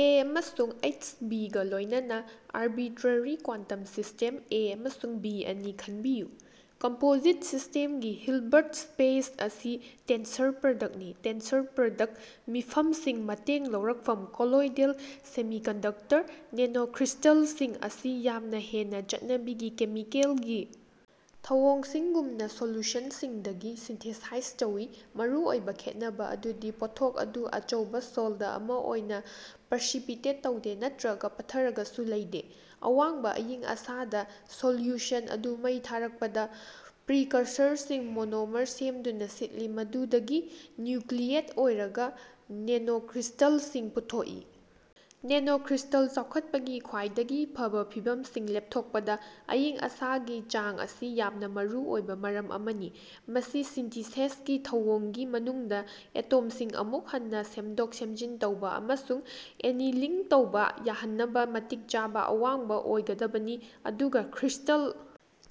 ꯑꯦ. ꯑꯃꯁꯨꯡ H. B. ꯒ ꯂꯣꯏꯅꯅ ꯑꯔꯕꯤꯇꯔꯔꯤ ꯀ꯭ꯋꯥꯟꯇꯝ ꯁꯤꯁꯇꯦꯝ ꯑꯦ ꯑꯃꯁꯨꯡ ꯕꯤ ꯑꯅꯤ ꯈꯟꯕꯤꯌꯨ꯫ ꯀꯝꯄꯣꯖꯤꯠ ꯁꯤꯁꯇꯦꯝꯒꯤ ꯍꯤꯜꯕꯔꯠ ꯁ꯭ꯄꯦꯁ ꯑꯁꯤ ꯇꯦꯟꯁꯔ ꯄ꯭ꯔꯗꯛꯅꯤ꯫ꯇꯦꯟꯁꯔ ꯄ꯭ꯔꯗꯛ ꯃꯤꯐꯝꯁꯤꯡ ꯃꯇꯦꯡ ꯂꯧꯔꯛꯐꯝ ꯀꯣꯂꯣꯏꯗꯦꯜ ꯁꯦꯃꯤꯀꯟꯗꯛꯇꯔ ꯅꯦꯅꯣꯀ꯭ꯔꯤꯁꯇꯜꯁꯤꯡ ꯑꯁꯤ ꯌꯥꯝꯅ ꯍꯦꯟꯅ ꯆꯠꯅꯕꯤꯒꯤ ꯀꯦꯃꯤꯀꯦꯜꯒꯤ ꯊꯧꯑꯣꯡꯁꯤꯡꯒꯨꯝꯅ, ꯁꯣꯜꯂꯨꯁꯟꯁꯤꯡꯗꯒꯤ ꯁꯤꯟꯊꯦꯁꯥꯏꯖ ꯇꯧꯋꯤ꯫ ꯃꯔꯨꯑꯣꯏꯕ ꯈꯦꯠꯅꯕ ꯑꯗꯨꯗꯤ ꯄꯣꯠꯊꯣꯛ ꯑꯗꯨ ꯑꯆꯧꯕ ꯁꯣꯜꯗ ꯑꯃ ꯑꯣꯏꯅ ꯄꯔꯁꯤꯄꯤꯇꯦꯠ ꯇꯧꯗꯦ ꯅꯠꯇ꯭ꯔꯒ ꯄꯠꯊꯔꯒꯁꯨ ꯂꯩꯗꯦ꯫ ꯑꯋꯥꯡꯕ ꯑꯏꯪꯑꯁꯥꯗ ꯁꯣꯂ꯭ꯌꯨꯁꯟ ꯑꯗꯨ ꯃꯩ ꯊꯥꯔꯛꯄꯗ, ꯄ꯭ꯔꯤꯀꯁꯔꯁꯤꯡ ꯃꯣꯅꯣꯃꯔ ꯁꯦꯝꯗꯨꯅ ꯁꯤꯠꯂꯤ, ꯃꯗꯨꯗꯒꯤ ꯅ꯭ꯌꯨꯀ꯭ꯂꯤꯌꯦꯠ ꯑꯣꯏꯔꯒ ꯅꯦꯅꯣꯀ꯭ꯔꯤꯁꯇꯜꯁꯤꯡ ꯄꯨꯊꯣꯛꯏ꯫ ꯅꯦꯅꯣꯀ꯭ꯔꯤꯁꯇꯜ ꯆꯥꯎꯈꯠꯄꯒꯤ ꯈ꯭ꯋꯥꯏꯗꯒꯤ ꯐꯕ ꯐꯤꯚꯝꯁꯤꯡ ꯂꯦꯞꯊꯣꯛꯄꯗ ꯑꯏꯪ-ꯑꯁꯥꯒꯤ ꯆꯥꯡ ꯑꯁꯤ ꯌꯥꯝꯅ ꯃꯔꯨ ꯑꯣꯏꯕ ꯃꯔꯝ ꯑꯃꯅꯤ꯫ ꯃꯁꯤ ꯁꯤꯟꯇꯤꯁꯦꯁꯀꯤ ꯊꯧꯑꯣꯡꯒꯤ ꯃꯅꯨꯡꯗ ꯑꯦꯇꯣꯝꯁꯤꯡ ꯑꯃꯨꯛ ꯍꯟꯅ ꯁꯦꯝꯗꯣꯛ-ꯁꯦꯝꯖꯤꯟ ꯇꯧꯕ ꯑꯃꯁꯨꯡ ꯑꯦꯅꯤꯂꯤꯡ ꯇꯧꯕ ꯌꯥꯍꯟꯅꯕ ꯃꯇꯤꯛ ꯆꯥꯕ ꯑꯋꯥꯡꯕ ꯑꯣꯏꯒꯗꯕꯅꯤ ꯑꯗꯨꯒ ꯀ꯭ꯔꯤꯁꯇꯜ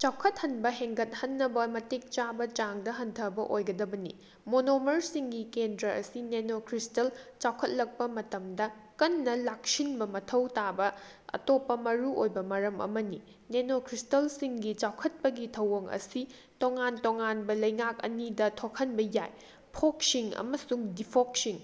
ꯆꯥꯎꯈꯠꯍꯟꯕ ꯍꯦꯟꯒꯠꯍꯟꯅꯕ ꯃꯇꯤꯛ ꯆꯥꯕ ꯆꯥꯡꯗ ꯍꯟꯊꯕ ꯑꯣꯏꯒꯗꯕꯅꯤ꯫ ꯃꯣꯅꯣꯃꯔꯁꯤꯡꯒꯤ ꯀꯦꯟꯗ꯭ꯔ ꯑꯁꯤ ꯅꯦꯅꯣꯀ꯭ꯔꯤꯁꯇꯜ ꯆꯥꯎꯈꯠꯂꯛꯄ ꯃꯇꯝꯗ ꯀꯟꯅ ꯂꯥꯛꯁꯤꯟꯕ ꯃꯊꯧ ꯇꯥꯕ ꯑꯇꯣꯞꯄ ꯃꯔꯨꯑꯣꯏꯕ ꯃꯔꯝ ꯑꯃꯅꯤ꯫ ꯅꯦꯅꯣꯀ꯭ꯔꯤꯁꯇꯜꯁꯤꯡꯒꯤ ꯆꯥꯎꯈꯠꯄꯒꯤ ꯊꯧꯑꯣꯡ ꯑꯁꯤ ꯇꯣꯉꯥꯟ-ꯇꯣꯉꯥꯟꯕ ꯂꯩꯉꯥꯛ ꯑꯅꯤꯗ ꯊꯣꯛꯍꯟꯕ ꯌꯥꯏ: "ꯐꯣꯀꯁꯤꯡ" ꯑꯃꯁꯨꯡ "ꯗꯤꯐꯣꯀꯁꯤꯡ"꯫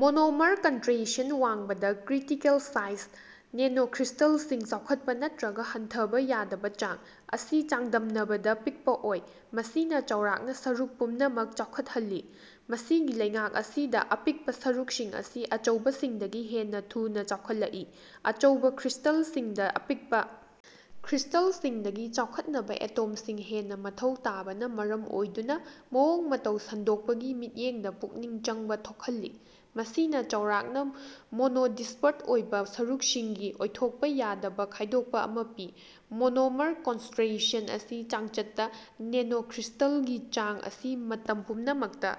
ꯃꯣꯅꯣꯃꯔ ꯀꯟꯇ꯭ꯔꯦꯁꯟ ꯋꯥꯡꯕꯗ, ꯀ꯭ꯔꯤꯇꯤꯀꯦꯜ ꯁꯥꯏꯖ (ꯅꯦꯅꯣꯀ꯭ꯔꯤꯁꯇꯜꯁꯤꯡ ꯆꯥꯎꯈꯠꯄ ꯅꯠꯇ꯭ꯔꯒ ꯍꯟꯊꯕ ꯌꯥꯗꯕ ꯆꯥꯡ) ꯑꯁꯤ ꯆꯥꯡꯗꯝꯅꯕꯗ ꯄꯤꯛꯄ ꯑꯣꯏ, ꯃꯁꯤꯅ ꯆꯥꯎꯔꯥꯛꯅ ꯁꯔꯨꯛ ꯄꯨꯝꯅꯃꯛ ꯆꯥꯎꯈꯠꯍꯜꯂꯤ꯫ ꯃꯁꯤꯒꯤ ꯂꯩꯉꯥꯛ ꯑꯁꯤꯗ, ꯑꯄꯤꯛꯄ ꯁꯔꯨꯛꯁꯤꯡ ꯑꯁꯤ ꯑꯆꯧꯕꯁꯤꯡꯗꯒꯤ ꯍꯦꯟꯅ ꯊꯨꯅ ꯆꯥꯎꯈꯠꯂꯛꯏ (ꯑꯆꯧꯕ ꯀ꯭ꯔꯤꯁ꯭ꯇꯦꯜꯁꯤꯡꯗ ꯑꯄꯤꯛꯄ ꯀ꯭ꯔꯤꯁꯇꯜꯁꯤꯡꯗꯒꯤ ꯆꯥꯎꯈꯠꯅꯕ ꯑꯦꯇꯣꯝꯁꯤꯡ ꯍꯦꯟꯅ ꯃꯊꯧ ꯇꯥꯕꯅ ꯃꯔꯝ ꯑꯣꯏꯗꯨꯅ ꯃꯑꯣꯡ-ꯃꯇꯧ ꯁꯟꯗꯣꯛꯄꯒꯤ ꯃꯤꯠꯌꯦꯡꯗ ꯄꯨꯛꯅꯤꯡ ꯆꯪꯕꯥ ꯊꯣꯛꯍꯜꯂꯤ, ꯃꯁꯤꯅ ꯆꯥꯎꯔꯥꯛꯅ ꯃꯣꯅꯣꯗꯤꯁꯄꯔꯗ ꯑꯣꯏꯕ ꯁꯔꯨꯛꯁꯤꯡꯒꯤ ꯑꯣꯏꯊꯣꯛꯄ ꯌꯥꯗꯕ ꯈꯥꯏꯗꯣꯛꯄ ꯑꯃ ꯄꯤ꯫ ꯃꯣꯅꯣꯃꯔ ꯀꯣꯟꯁꯇ꯭ꯔꯦꯁꯟ ꯑꯁꯤ ꯆꯥꯡꯆꯠꯇ ꯅꯦꯅꯣꯀ꯭ꯔꯤꯁꯇꯜꯒꯤ ꯆꯥꯡ ꯑꯁꯤ ꯃꯇꯝ ꯄꯨꯝꯅꯃꯛꯇ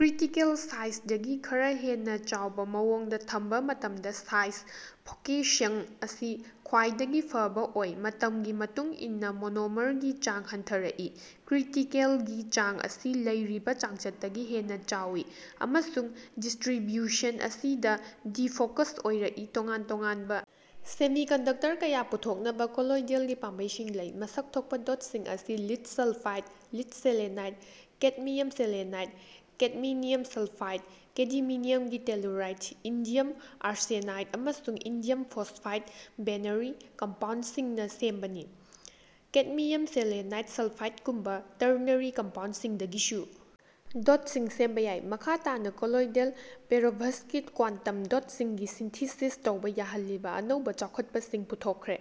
ꯀ꯭ꯔꯤꯇꯤꯀꯦꯜ ꯁꯥꯏꯖꯗꯒꯤ ꯈꯔ ꯍꯦꯟꯅ ꯆꯥꯎꯕ ꯃꯑꯣꯡꯗ ꯊꯝꯕ ꯃꯇꯝꯗ ꯁꯥꯏꯖ ꯐꯣꯀꯦꯁꯡ ꯑꯁꯤ ꯈ꯭ꯋꯥꯏꯗꯒꯤ ꯐꯕ ꯑꯣꯏ꯫ ꯃꯇꯝꯒꯤ ꯃꯇꯨꯡ ꯏꯟꯅ ꯃꯣꯅꯣꯃꯔꯒꯤ ꯆꯥꯡ ꯍꯟꯊꯔꯛꯏ, ꯀ꯭ꯔꯤꯇꯤꯀꯦꯜꯒꯤ ꯆꯥꯡ ꯑꯁꯤ ꯂꯩꯔꯤꯕ ꯆꯥꯡꯆꯠꯇꯒꯤ ꯍꯦꯟꯅ ꯆꯥꯎꯏ, ꯑꯃꯁꯨꯡ ꯗꯤꯁꯇ꯭ꯔꯤꯕ꯭ꯌꯨꯁꯟ ꯑꯁꯤꯅ ꯗꯤꯐꯣꯀꯁ ꯑꯣꯏꯔꯛꯏ꯫ ꯇꯣꯉꯥꯟ-ꯇꯣꯉꯥꯟꯕ ꯁꯦꯃꯤꯀꯟꯗꯛꯇꯔ ꯀꯌꯥ ꯄꯨꯊꯣꯛꯅꯕ ꯀꯣꯂꯣꯏꯗꯦꯜꯒꯤ ꯄꯥꯝꯕꯩꯁꯤꯡ ꯂꯩ꯫ ꯃꯁꯛ ꯊꯣꯛꯄ ꯗꯣꯠꯁꯤꯡ ꯑꯁꯤ lead sulphide, lead selenide, cadmium selenide, cadmium sulphide, ꯀꯦꯗꯤꯃꯤꯅ꯭ꯌꯝꯒꯤ ꯇꯦꯂꯨꯔꯥꯏꯗ, ꯏꯟꯗꯤꯌꯝ ꯑꯥꯔꯁꯦꯅꯥꯏꯗ, ꯑꯃꯁꯨꯡ ꯏꯟꯗꯤꯌꯝ ꯐꯣꯁꯐꯥꯏꯗ ꯕꯦꯅꯔꯤ ꯀꯝꯄꯥꯎꯟꯁꯤꯡꯅ ꯁꯦꯝꯕꯅꯤ꯫ ꯀꯦꯗꯃꯤꯌꯝ ꯁꯦꯂꯦꯅꯥꯏꯗ ꯁꯜꯐꯥꯏꯗꯒꯨꯝꯕ ꯇꯔꯅꯔꯤ ꯀꯝꯄꯥꯎꯟꯁꯤꯡꯗꯒꯤꯁꯨ ꯗꯣꯠꯁꯤꯡ ꯁꯦꯝꯕ ꯌꯥꯏ꯫ ꯃꯈꯥ ꯇꯥꯅ, ꯀꯣꯂꯣꯏꯗꯦꯜ ꯄꯦꯔꯣꯚꯁ꯭ꯀꯤꯠ ꯀ꯭ꯋꯥꯟꯇꯝ ꯗꯣꯠꯁꯤꯡꯒꯤ ꯁꯤꯟꯊꯤꯁꯤꯁ ꯇꯧꯕ ꯌꯥꯍꯜꯂꯤꯕ ꯑꯅꯧꯕ ꯆꯥꯎꯈꯠꯄꯁꯤꯡ ꯄꯨꯊꯣꯛꯈ꯭ꯔꯦ꯫